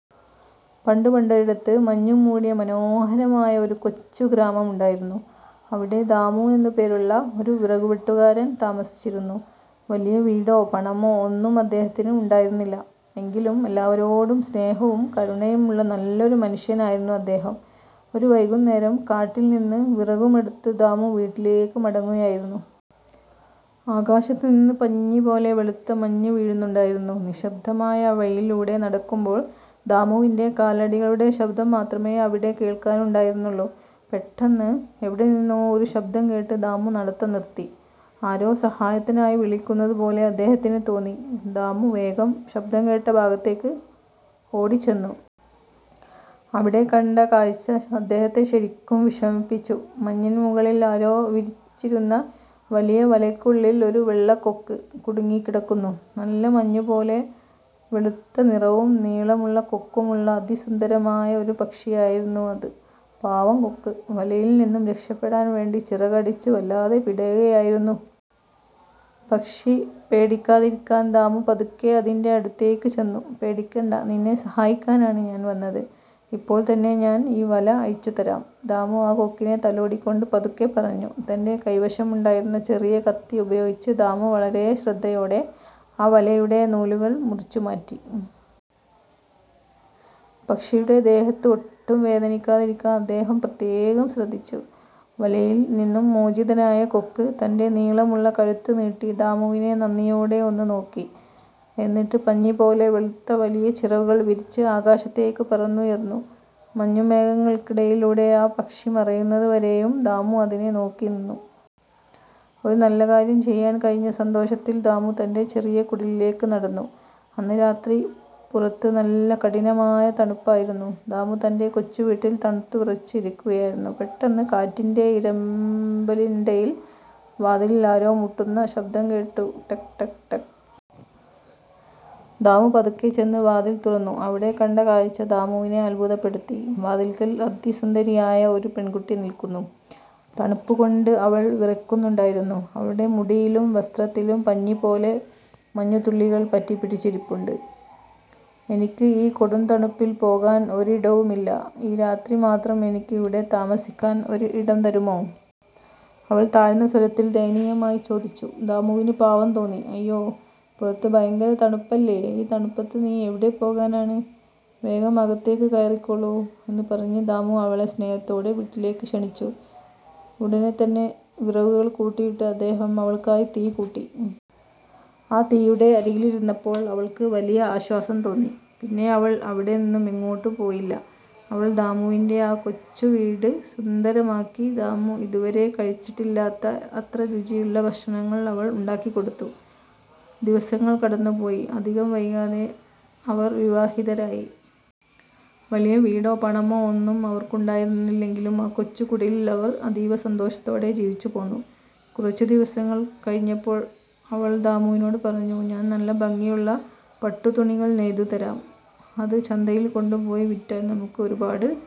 പണ്ട് പണ്ടൊരിടത്ത്, മഞ്ഞുമൂടിയ മനോഹരമായ ഒരു കൊച്ചു ഗ്രാമമുണ്ടായിരുന്നു. അവിടെ ദാമു എന്ന് പേരുള്ള ഒരു വിറകുവെട്ടുകാരൻ താമസിച്ചിരുന്നു. വലിയ വീടോ പണമോ ഒന്നും അദ്ദേഹത്തിന് ഉണ്ടായിരുന്നില്ല. എങ്കിലും, എല്ലാവരോടും സ്നേഹവും കരുണയുമുള്ള നല്ലൊരു മനുഷ്യനായിരുന്നു അദ്ദേഹം. ഒരു വൈകുന്നേരം, കാട്ടിൽ നിന്ന് വിറകുമെടുത്ത് ദാമു വീട്ടിലേക്ക് മടങ്ങുകയായിരുന്നു. ആകാശത്തുനിന്ന് പഞ്ഞിപോലെ വെളുത്ത മഞ്ഞ് വീഴുന്നുണ്ടായിരുന്നു. നിശബ്ദമായ ആ വഴിയിലൂടെ നടക്കുമ്പോൾ ദാമുവിന്റെ കാലടികളുടെ ശബ്ദം മാത്രമേ അവിടെ കേൾക്കാനുണ്ടായിരുന്നുള്ളൂ. പെട്ടെന്ന്, എവിടെ നിന്നോ ഒരു ശബ്ദം കേട്ട് ദാമു നടത്തം നിർത്തി. ആരോ സഹായത്തിനായി വിളിക്കുന്നത് പോലെ അദ്ദേഹത്തിന് തോന്നി. ദാമു വേഗം ശബ്ദം കേട്ട ഭാഗത്തേക്ക് ഓടിച്ചെന്നു. അവിടെ കണ്ട കാഴ്ച അദ്ദേഹത്തെ ശരിക്കും വിഷമിപ്പിച്ചു. മഞ്ഞിന് മുകളിൽ ആരോ വിരിച്ചിരുന്ന വലിയ വലയ്ക്കുള്ളിൽ ഒരു വെള്ളക്കൊക്ക് കുടുങ്ങിക്കിടക്കുന്നു! നല്ല മഞ്ഞുപോലെ വെളുത്ത നിറവും നീളമുള്ള കൊക്കുമുള്ള അതിസുന്ദരമായ ഒരു പക്ഷിയായിരുന്നു അത്. പാവം കൊക്ക് വലയിൽ നിന്നും രക്ഷപെടാൻ വേണ്ടി ചിറകടിച്ച് വല്ലാതെ പിടയുകയായിരുന്നു. പക്ഷി പേടിക്കാതിരിക്കാൻ ദാമു പതുക്കെ അതിന്റെ അടുത്തേക്ക് ചെന്നു. "പേടിക്കണ്ട, നിന്നെ സഹായിക്കാനാണ് ഞാൻ വന്നത്. ഇപ്പോൾ തന്നെ ഞാൻ ഈ വല അഴിച്ചു തരാം. " ദാമു ആ കൊക്കിനെ തലോടിക്കൊണ്ട് പതുക്കെ പറഞ്ഞു. തന്റെ കൈവശമുണ്ടായിരുന്ന ചെറിയ കത്തി ഉപയോഗിച്ച് ദാമു വളരെ ശ്രദ്ധയോടെ ആ വലയുടെ നൂലുകൾ മുറിച്ചുമാറ്റി. പക്ഷിയുടെ ദേഹത്ത് ഒട്ടും വേദനിക്കാതിരിക്കാൻ അദ്ദേഹം പ്രത്യേകം ശ്രദ്ധിച്ചു. വലയിൽ നിന്നും മോചിതനായ കൊക്ക് തന്റെ നീളമുള്ള കഴുത്ത് നീട്ടി ദാമുവിനെ നന്ദിയോടെ ഒന്ന് നോക്കി. എന്നിട്ട് പഞ്ഞിപോലെ വെളുത്ത വലിയ ചിറകുകൾ വിരിച്ച് ആകാശത്തേക്ക് പറന്നുയർന്നു. മഞ്ഞുമേഘങ്ങൾക്കിടയിലൂടെ ആ പക്ഷി മറയുന്നത് വരെയും ദാമു അതിനെ നോക്കിനിന്നു. ഒരു നല്ല കാര്യം ചെയ്യാൻ കഴിഞ്ഞ സന്തോഷത്തിൽ ദാമു തന്റെ ചെറിയ കുടിലിലേക്ക് നടന്നു. അന്ന് രാത്രി! പുറത്ത് നല്ല കഠിനമായ തണുപ്പായിരുന്നു. ദാമു തന്റെ കൊച്ചുവീട്ടിൽ തണുത്തുവിറച്ച് ഇരിക്കുകയായിരുന്നു. പെട്ടെന്ന്, കാറ്റിന്റെ ഇരമ്പലിനിടയിൽ വാതിലിൽ ആരോ മുട്ടുന്ന ശബ്ദം കേട്ടു. 'ടക്… ടക്… ടക്! ' ദാമു പതുക്കെ ചെന്ന് വാതിൽ തുറന്നു. അവിടെ കണ്ട കാഴ്ച ദാമുവിനെ അത്ഭുതപ്പെടുത്തി! വാതിൽക്കൽ അതിസുന്ദരിയായ ഒരു പെൺകുട്ടി നിൽക്കുന്നു. തണുപ്പുകൊണ്ട് അവൾ വിറയ്ക്കുന്നുണ്ടായിരുന്നു. അവളുടെ മുടിയിലും വസ്ത്രത്തിലും പഞ്ഞിപോലെ മഞ്ഞുതുള്ളികൾ പറ്റിപ്പിടിച്ചിരിപ്പുണ്ട്. "എനിക്ക് ഈ കൊടുംതണുപ്പിൽ പോകാൻ ഒരിടവുമില്ല. ഈ രാത്രി മാത്രം എനിക്ക് ഇവിടെ താമസിക്കാൻ ഒരിടം തരുമോ? " അവൾ താഴ്ന്ന സ്വരത്തിൽ, ദയനീയമായി ചോദിച്ചു. ദാമുവിന് പാവം തോന്നി. "അയ്യോ, പുറത്ത് ഭയങ്കര തണുപ്പല്ലേ, ഈ തണുപ്പത്ത് നീ എവിടെ പോകാനാണ്? വേഗം അകത്തേക്ക് കയറിക്കോളൂ. " എന്ന് പറഞ്ഞ് ദാമു അവളെ സ്നേഹത്തോടെ വീട്ടിലേക്ക് ക്ഷണിച്ചു. ഉടനെ തന്നെ വിറകുകൾ കൂട്ടിയിട്ട് അദ്ദേഹം അവൾക്കായി തീ കൂട്ടി. ആ തീയുടെ അരികിലിരുന്നപ്പോൾ അവൾക്ക് വലിയ ആശ്വാസം തോന്നി. പിന്നെ അവൾ അവിടെ നിന്നും എങ്ങോട്ടും പോയില്ല. അവൾ ദാമുവിന്റെ ആ കൊച്ചു വീട് സുന്ദരമാക്കി. ദാമു ഇതുവരെ കഴിച്ചിട്ടില്ലാത്ത അത്ര രുചിയുള്ള ഭക്ഷണങ്ങൾ അവൾ ഉണ്ടാക്കിക്കൊടുത്തു. ദിവസങ്ങൾ കടന്നുപോയി. അധികം വൈകാതെ അവർ വിവാഹിതരായി. വലിയ വീടോ പണമോ ഒന്നും അവർക്കുണ്ടായിരുന്നില്ലെങ്കിലും, ആ കൊച്ചു കുടിലിൽ അവർ അതീവ സന്തോഷത്തോടെ ജീവിച്ചു പോന്നു. കുറച്ചു ദിവസങ്ങൾ കഴിഞ്ഞപ്പോൾ, അവൾ ദാമുവിനോട് പറഞ്ഞു: "ഞാൻ നല്ല ഭംഗിയുള്ള പട്ടുതുണികൾ നെയ്തു തരാം. അത് ചന്തയിൽ കൊണ്ടുപോയി വിറ്റാൽ നമുക്ക് ഒരുപാട്